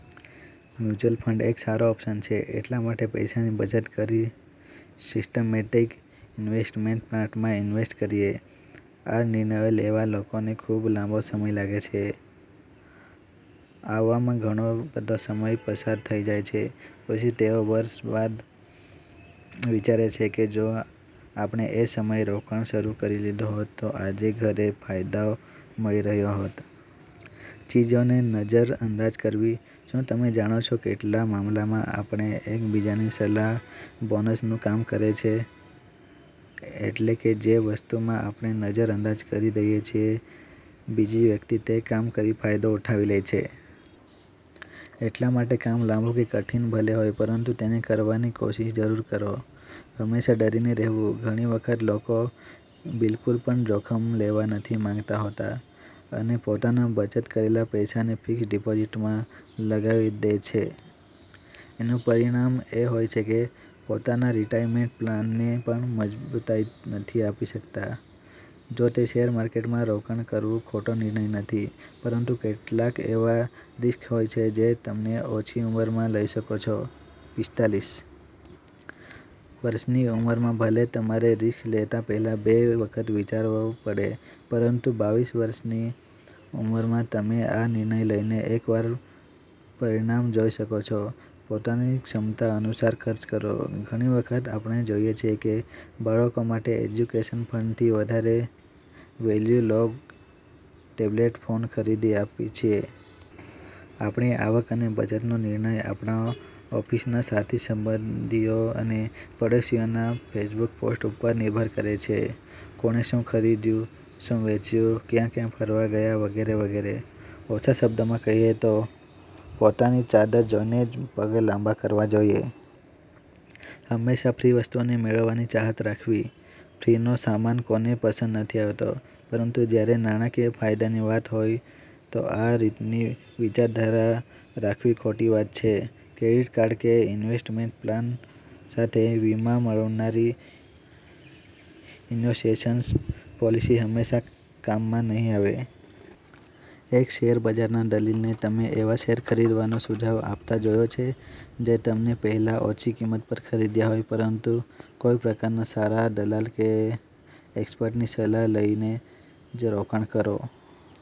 Mutual fund એક સારો option છે એટલા માટે પૈસાની બચત કરી સિસ્ટમેટિક ઇન્વેસ્ટમેન્ટ પ્લાનમાં ઇન્વેસ્ટ કરીએ. આ નિર્ણયો લેવામાં લોકોને ખૂબ લાંબો સમય લાગે છે. આવવામાં ઘણો બધો સમય પસાર થઈ જાય છે પછી તેઓ વર્ષો બાદ વિચારે છે કે જો આપણે એ સમયે રોકાણ શરૂ કરી દીધું હોત તો આજે વધારે ફાયદો મળી રહ્યો હોત. ચીજોને નજરઅંદાજ કરવી, શું તમે જાણો છો કેટલા મામલામાં આપણા કે એક બીજાની સલાહ બોનસ નું કામ કરે છે. એટલે કે જે વસ્તુમાં આપણે નજર અંદાજ કરી દઈએ છીએ બીજા વ્યક્તિ તે કામ કરીને ફાયદો ઉઠાવી લે છે. એટલા માટે કામ લાંબુ કે કઠિન ભલે હોય પરંતુ તેને કરવાની કોશીશ જરૂર કરો. હંમેશા ડરીને રહેવું, ઘણી વખત લોકો બિલકુલ પણ જોખમ લેવા નથી માંગતા હોતા અને પોતાના બચત કરેલા પૈસાને ફિક્સ્ડ ડિપોઝિટમાં લગાવી દે છે. એનું પરિણામ એ હોય છે કે પોતાના રિટાયરમેન્ટ પ્લાન ને પણ મજબૂતાઈ નથી આપી શકતા. જો કે શેર માર્કેટમાં રોકાણ કરવું ખોટો નિર્ણય નથી. પરંતુ કેટલાક એવા રિસ્ક હોય છે જે તમે ઓછી ઉંમરમાં લઈ શકો છો.પિસ્તાલીસ વર્ષની ઉંમરમાં ભલે તમારે રિસ્ક લેતા પહેલાં બે વખત વિચારવું પડે પરંતુ બાવીસ વર્ષની ઉંમરમાં તમે આ નિર્ણય લઈને એકવાર પરિણામ જોઈ શકો છો. પોતાની ક્ષમતા અનુસાર ખર્ચ કરો. ઘણી વખત આપણે જોઈએ છીએ કે બાળકો માટે એજ્યુકેશન ફંડથી વધારે વેલ્યુ લૉગ ટેબલેટ ફોન ખરીદી આપીએ છીએ. આપણી આવક અને બચતનો નિર્ણય આપણા ઓફિસના સાથી સંબંધીઓ અને પડોશીઓના ફેસબુક પોસ્ટ ઉપર નિર્ભર કરે છે. કોણે શું ખરીદ્યું, શું વેચ્યું, ક્યાં ક્યાં ફરવા ગયા વગેરે વગેરે. ઓછા શબ્દોમાં કહીએ તો પોતાની ચાદર જોઈને જ પગ લાંબા કરવા જોઈએ. હંમેશા ફ્રી વસ્તુઓને મેળવવાની ચાહત રાખવી, ફ્રી નો સામાન કોને પસંદ નથી આવતો. પરંતુ જ્યારે નાણાકીય ફાયદાની વાત હોય તો આ રીતની વિચારધારા રાખવી ખોટી વાત છે. ક્રેડિટ કાર્ડ કે ઇન્વેસ્ટમેન્ટ પ્લાન સાથે વીમા મળનારી ઇનો સ્ટેશન્સ પોલિસી હંમેશા કામમાં નહીં આવે. એક શેર બજારના દલીલને તમે એવા શેર ખરીદવાનો સુજાવ આપતા જોયો છે જે તમને પહેલા ઓછી કિંમત પર ખરીદ્યા હોય. પરંતુ કોઇ પ્રકારના સારા દલાલ કે એક્સપર્ટની સલાહ લઈને જ રોકાણ કરો.